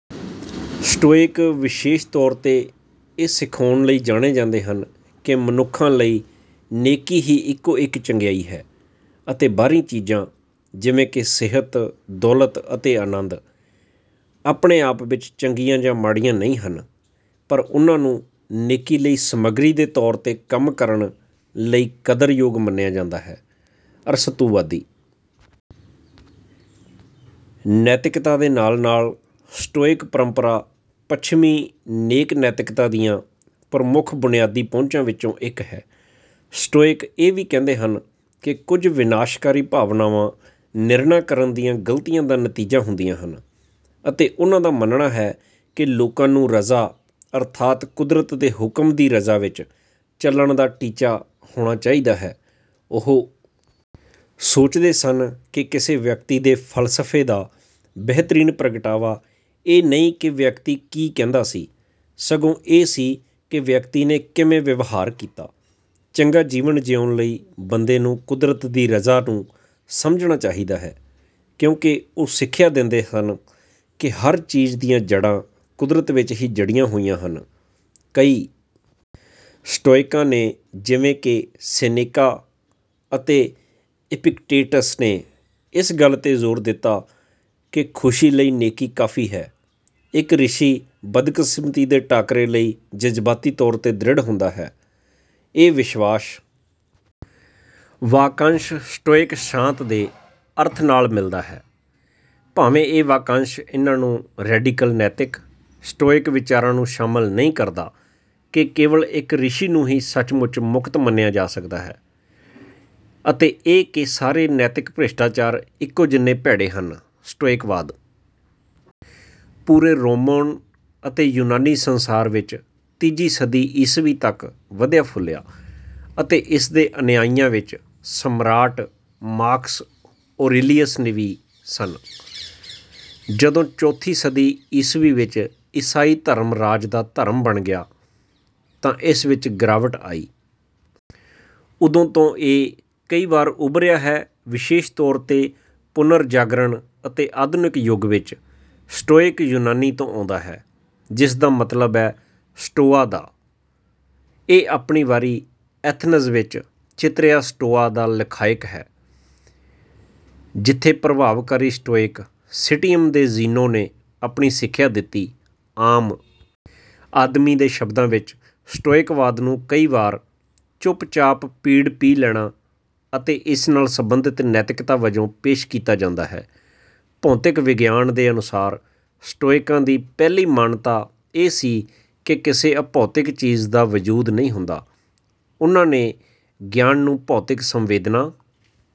Stoic ਵਿਸ਼ੇਸ਼ ਤੌਰ ’ਤੇ ਇਹ ਸਿਖਾਉਣ ਲਈ ਜਾਣੇ ਜਾਂਦੇ ਹਨ ਕਿ ਮਨੁੱਖਾਂ ਲਈ “ਨੇਕੀ ਹੀ ਇਕੋ-ਇੱਕ ਚੰਗਿਆਈ ਹੈ” ਅਤੇ ਬਾਹਰੀ ਚੀਜ਼ਾਂ, ਜਿਵੇਂ ਕਿ ਸਿਹਤ, ਦੌਲਤ ਅਤੇ ਅਨੰਦ, ਆਪਣੇ ਆਪ ਵਿੱਚ ਚੰਗੀਆਂ ਜਾਂ ਮਾੜੀਆਂ ਨਹੀਂ ਹਨ, ਪਰ ਉਨ੍ਹਾਂ ਨੂੰ “ਨੇਕੀ ਲਈ ਸਮੱਗਰੀ ਦੇ ਤੌਰ ’ਤੇ ਕੰਮ ਕਰਨ” ਲਈ ਕਦਰਯੋਗ ਮੰਨਿਆ ਜਾਂਦਾ ਹੈ। ਅਰਸਤੂਵਾਦੀ ਨੈਤਿਕਤਾ ਦੇ ਨਾਲ-ਨਾਲ, ਸਟੋਇਕ ਪਰੰਪਰਾ ਪੱਛਮੀ ਨੇਕ ਨੈਤਿਕਤਾ ਦੀਆਂ ਪ੍ਰਮੁੱਖ ਬੁਨਿਆਦੀ ਪਹੁੰਚਾਂ ਵਿੱਚੋਂ ਇੱਕ ਹੈ। ਸਟੋਇਕ ਇਹ ਵੀ ਕਹਿੰਦੇ ਹਨ ਕਿ ਕੁਝ ਵਿਨਾਸ਼ਕਾਰੀ ਭਾਵਨਾਵਾਂ ਨਿਰਣਾ ਕਰਨ ਦੀਆਂ ਗਲਤੀਆਂ ਦਾ ਨਤੀਜਾ ਹੁੰਦੀਆਂ ਹਨ ਅਤੇ ਉਹਨਾਂ ਦਾ ਮੰਨਣਾ ਹੈ ਕਿ ਲੋਕਾਂ ਨੂੰ ਰਜ਼ਾ, ਅਰਥਾਤ “ਕੁਦਰਤ ਦੇ ਹੁਕਮ ਦੀ ਰਜ਼ਾ ਵਿੱਚ” ਚੱਲਣ ਦਾ ਟੀਚਾ ਹੋਣਾ ਚਾਹੀਦਾ ਹੈ। ਉਹ ਸੋਚਦੇ ਸਨ ਕਿ ਕਿਸੇ ਵਿਅਕਤੀ ਦੇ ਫ਼ਲਸਫ਼ੇ ਦਾ ਬਿਹਤਰੀਨ ਪ੍ਰਗਟਾਵਾ ਇਹ ਨਹੀਂ ਕਿ ਵਿਅਕਤੀ ਕੀ ਕਹਿੰਦਾ ਸੀ, ਸਗੋਂ ਇਹ ਸੀ ਕਿ ਵਿਅਕਤੀ ਨੇ ਕਿਵੇਂ ਵਿਵਹਾਰ ਕੀਤਾ। ਚੰਗਾ ਜੀਵਨ ਜੀਉਣ ਲਈ ਬੰਦੇ ਨੂੰ ਕੁਦਰਤ ਦੀ ਰਜ਼ਾ ਨੂੰ ਸਮਝਣਾ ਚਾਹੀਦਾ ਹੈ, ਕਿਉਂਕਿ ਉਹ ਸਿੱਖਿਆ ਦਿੰਦੇ ਸਨ ਕਿ ਹਰ ਚੀਜ਼ ਦੀਆਂ ਜੜ੍ਹਾਂ ਕੁਦਰਤ ਵਿੱਚ ਹੀ ਜੜ੍ਹੀਆਂ ਹੋਈਆਂ ਹਨ। ਕਈ ਸਟੋਇਕਾਂ ਨੇ, ਜਿਵੇਂ ਕਿ ਸੇਨੇਕਾ ਅਤੇ ਇਪਿਕਟੇਟਸ ਨੇ, ਇਸ ਗੱਲ ’ਤੇ ਜ਼ੋਰ ਦਿੱਤਾ ਕਿ “ਖੁਸ਼ੀ ਲਈ ਨੇਕੀ ਕਾਫ਼ੀ ਹੈ।” ਇੱਕ ਰਿਸ਼ੀ ਬਦਕਿਸਮਤੀ ਦੇ ਟਾਕਰੇ ਲਈ ਜਜ਼ਬਾਤੀ ਤੌਰ ’ਤੇ ਦ੍ਰਿੜ੍ਹ ਹੁੰਦਾ ਹੈ। ਇਹ ਵਿਸ਼ਵਾਸ ਵਾਕੰਸ਼ “ਸਟੋਇਕ ਸ਼ਾਂਤ” ਦੇ ਅਰਥ ਨਾਲ ਮਿਲਦਾ ਹੈ, ਭਾਵੇਂ ਕਿ ਇਹ ਵਾਕੰਸ਼ ਇਨ੍ਹਾਂ “ਰੈਡੀਕਲ ਨੈਤਿਕ” ਸਟੋਇਕ ਵਿਚਾਰਾਂ ਨੂੰ ਸ਼ਾਮਲ ਨਹੀਂ ਕਰਦਾ ਕਿ ਕੇਵਲ ਇੱਕ ਰਿਸ਼ੀ ਨੂੰ ਹੀ ਸੱਚਮੁੱਚ ਮੁਕਤ ਮੰਨਿਆ ਜਾ ਸਕਦਾ ਹੈ ਅਤੇ ਇਹ ਕਿ ਸਾਰੇ ਨੈਤਿਕ ਭ੍ਰਿਸ਼ਟਾਚਾਰ ਇੱਕੋ ਜਿੰਨੇ ਭੈੜੇ ਹਨ। ਸਟੋਇਕਵਾਦ ਪੂਰੇ ਰੋਮਨ ਅਤੇ ਯੂਨਾਨੀ ਸੰਸਾਰ ਵਿੱਚ ਤੀਜੀ ਸਦੀ ਈਸਵੀ ਤੱਕ ਵਧਿਆ-ਫੁੱਲਿਆ ਅਤੇ ਇਸ ਦੇ ਅਨੁਯਾਈਆਂ ਵਿੱਚ ਸਮਰਾਟ ਮਾਰਕਸ ਔਰੇਲੀਅਸ ਵੀ ਸੀ। ਜਦੋਂ ਚੌਥੀ ਸਦੀ ਈਸਵੀ ਵਿੱਚ ਈਸਾਈ ਧਰਮ ਰਾਜ ਦਾ ਧਰਮ ਬਣ ਗਿਆ, ਤਾਂ ਇਸ ਵਿੱਚ ਗਿਰਾਵਟ ਆਈ। ਉਦੋਂ ਤੋਂ ਇਹ ਕਈ ਵਾਰ ਮੁੜ ਉਭਰਿਆ ਹੈ, ਵਿਸ਼ੇਸ਼ ਤੌਰ ’ਤੇ ਪੁਨਰਜਾਗਰਣ ਅਤੇ ਆਧੁਨਿਕ ਯੁੱਗ ਵਿੱਚ। ਸਟੋਇਕ ਯੂਨਾਨੀ ਤੋਂ ਆਉਂਦਾ ਹੈ, ਜਿਸ ਦਾ ਮਤਲਬ ਹੈ “ਸਟੋਆ ਦਾ”। ਇਹ ਆਪਣੀ ਵਾਰੀ ਐਥਨਜ਼ ਵਿੱਚ “ਚਿਤਰਿਆ ਸਟੋਆ” ਦਾ ਲਖਾਇਕ ਹੈ, ਜਿੱਥੇ ਪ੍ਰਭਾਵਕਾਰੀ ਸਟੋਇਕ ਸਿਟੀਅਮ ਦੇ ਜ਼ੀਨੋ ਨੇ ਆਪਣੀ ਸਿੱਖਿਆ ਦਿੱਤੀ। ਆਮ ਆਦਮੀ ਦੇ ਸ਼ਬਦਾਂ ਵਿੱਚ ਸਟੋਇਕਵਾਦ ਨੂੰ ਕਈ ਵਾਰੀ “ਚੁੱਪਚਾਪ ਪੀੜ ਪੀ ਲੈਣਾ” ਅਤੇ ਇਸ ਨਾਲ ਸੰਬੰਧਿਤ ਨੈਤਿਕਤਾ ਵਜੋਂ ਪੇਸ਼ ਕੀਤਾ ਜਾਂਦਾ ਹੈ। ਭੌਤਿਕ ਵਿਗਿਆਨ ਦੇ ਅਨੁਸਾਰ, ਸਟੋਇਕਾਂ ਦੀ ਪਹਿਲੀ ਮਾਨਤਾ ਇਹ ਸੀ ਕਿ ਕਿਸੇ ਅਭੌਤਿਕ ਚੀਜ਼ ਦਾ ਵਜੂਦ ਨਹੀਂ ਹੁੰਦਾ। ਉਨ੍ਹਾਂ ਨੇ ਗਿਆਨ ਨੂੰ ਭੌਤਿਕ ਸੰਵੇਦਨਾ…